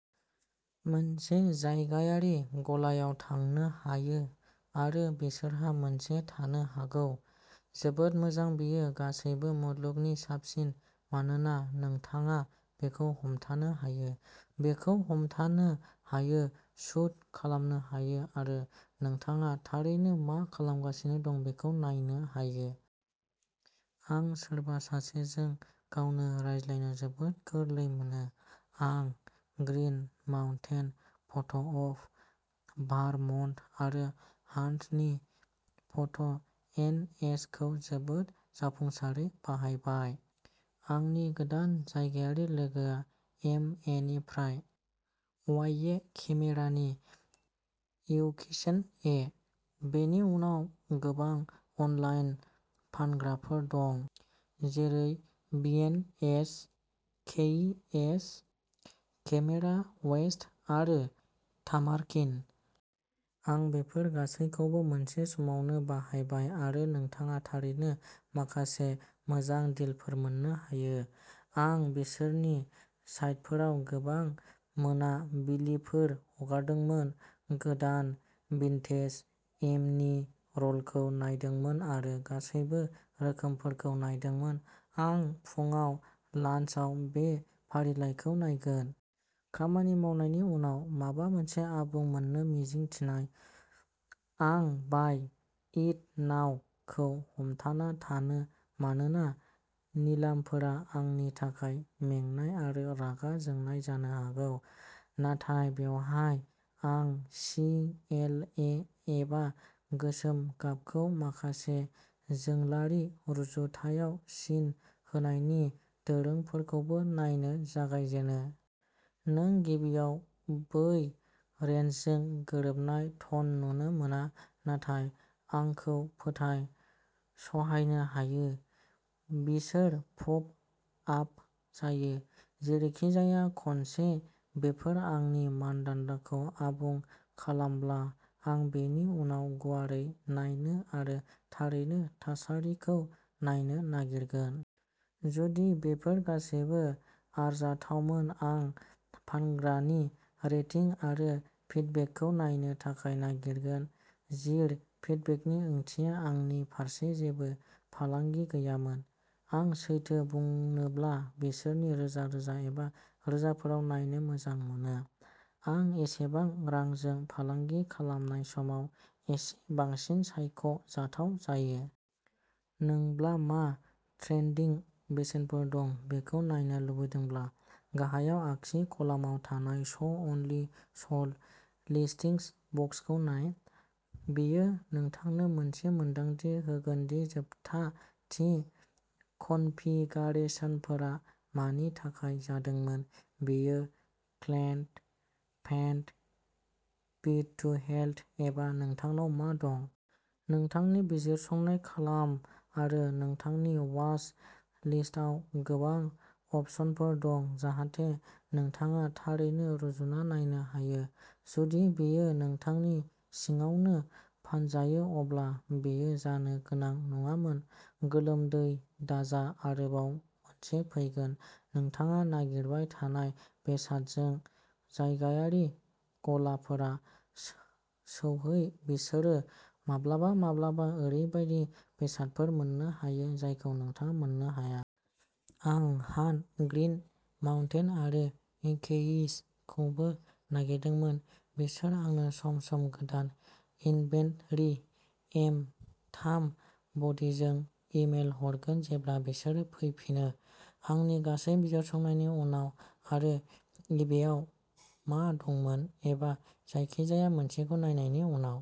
मोनसे जायगायारि गलायाव थांनो हायो आरो बिसोरहा मोनसे थानो हागौ। जोबोद मोजां बेयो गासैबो मुलुगनि साबसिन, मानोना नोंथाङा बेखौ हमथानो हायो, बेखौ हमथानो हायो, शूट खालामनो हायो आरो नोंथाङा थारैनो मा खालामगासिनो दं बेखौ नायनो हायो। आं सोरबा सासेजों गावनो रायज्लायनो जोबोद गोरलै मोनो। आं ग्रीन माउन्टेन फट'अफ भारमन्ट आरो हान्टनि फट' एनएच खौ जोबोद जाफुंसारै बाहायबाय। आंनि गोदान जायगायारि लोगोआ एमएनिफ्राय वाईये केमेरा नि इउक्सिन ये। बेनि उनाव गोबां अनलाइन फानग्राफोर दं, जेरै बीएन्डएच, केईएच, केमेरा वेस्ट आरो तामार्किन। आं बेफोर गासैबोखौ मोनसे समावनो बाहायबाय आरो नोंथाङा थारैनो माखासे मोजां डिलफोर मोन्नो हायो। आं बिसोरनि साइटफोराव गोबां मोनाबिलिफोर हगारदोंमोन, गोदान भिन्टेज एमनि रलखौ नायदोंमोन आरो गासैबो रोखोमफोरखौ नायदोंमोन। आं फुंआव, लान्सआव बे फारिलाइफोरखौ नायगोन। खामानि मावनायनि उनाव, माबा मोनसे आबुं मोन्नो मिजिं थिनाय। आं बाय इट नाउ खौ हमथाना थायो मानोना निलामफोरा आंनि थाखाय मेंनाय आरो रागा जोंनाय जानो हागौ। नाथाय बेवहायनो आं सि एल ए एबा गोसोम गाबखौ माखासे जोंलारि रुजुथायाव सिन होनायनि दोरोंफोरखौबो नायनो जागायजेनो। नों गिबियाव बै रेन्जजों गोरोबनाय टन नुनो मोना, नाथाय आंखौ फोथाय, सहायनो हायो। बिसोर पप आप जायो। जेरैखिजाया, खनसे बेफोर आंनि मानदान्दाखौ आबुं खालामब्ला, आं बेनि उनाव गुवारै नायनो आरो थारैनो थासारिखौ नायनो नागिरगोन। जुदि बेफोर गासैबो आरजाथावमोन, आं फानग्रानि रेटिं आरो फिडबेकखौ नायनो थाखाय नागिरगोन। जिर' फिडबेकनि ओंथिया आंनि फारसे जेबो फालांगि गैयामोन। आं सैथो बुंनोब्ला बिसोरखौ रोजा रोजा एबा रोजाफोराव नायनो मोजां मोनो। आं एसेबां रांजों फालांगि खालामनाय समाव एसे बांसिन सायख' जाथाव जायो। नोंब्ला मा ट्रेन्डिं बेसेनफोर दं बेखौ नायनो लुबैदोंब्ला, गाहायाव आगसि कलामाव थानाय श अनलि स'ल्ड लिस्टिंस बक्सखौ नाय। बेयो नोंथांनो मोनसे मोनदांथि होगोन दि जोबथा थि कनफिगारेशनफोरा मानि थाखाय जादोंमोन बेयो clad, paint, beat to hell एबा नोंथांनाव मा दं। नोंथांनि बिजिरसंनाय खालाम आरो नोंथांनि वाच लिस्टआव गोबां अपसनफोर दोन जाहाथे नोंथाङा थारैनो रुजुना नायनो हायो। जुदि बेयो नोंथांनि सिङावनो फानजायो, अब्ला बेयो जानो गोनां नङामोन। गोलोमदै दाजा आरोबाव मोनसे फैगोन। नोंथाङा नागिरबाय थानाय बेसादजों जायगायारि गलाफोराव सौहै बिसोरो माब्लाबा-माब्लाबा ओरैबायदि बेसादफोर मोननो हायो जायखौ नोंथाङा मोननो हाया। आं हान्ट, ग्रीन माउन्टेन आरो केईएइचखौबो नागिरदोंमोन। बिसोर आंनो सम-सम गोदान इनभेन्टरि एम थाम बडीजों इमेल हरगोन जेब्ला बिसोर फैफिनो। आंनि गासै बिजिरसंनायनि उनाव आरो इबेआव मा दंमोन एबा जायखिजाया मोनसेखौ नायनायनि उनाव।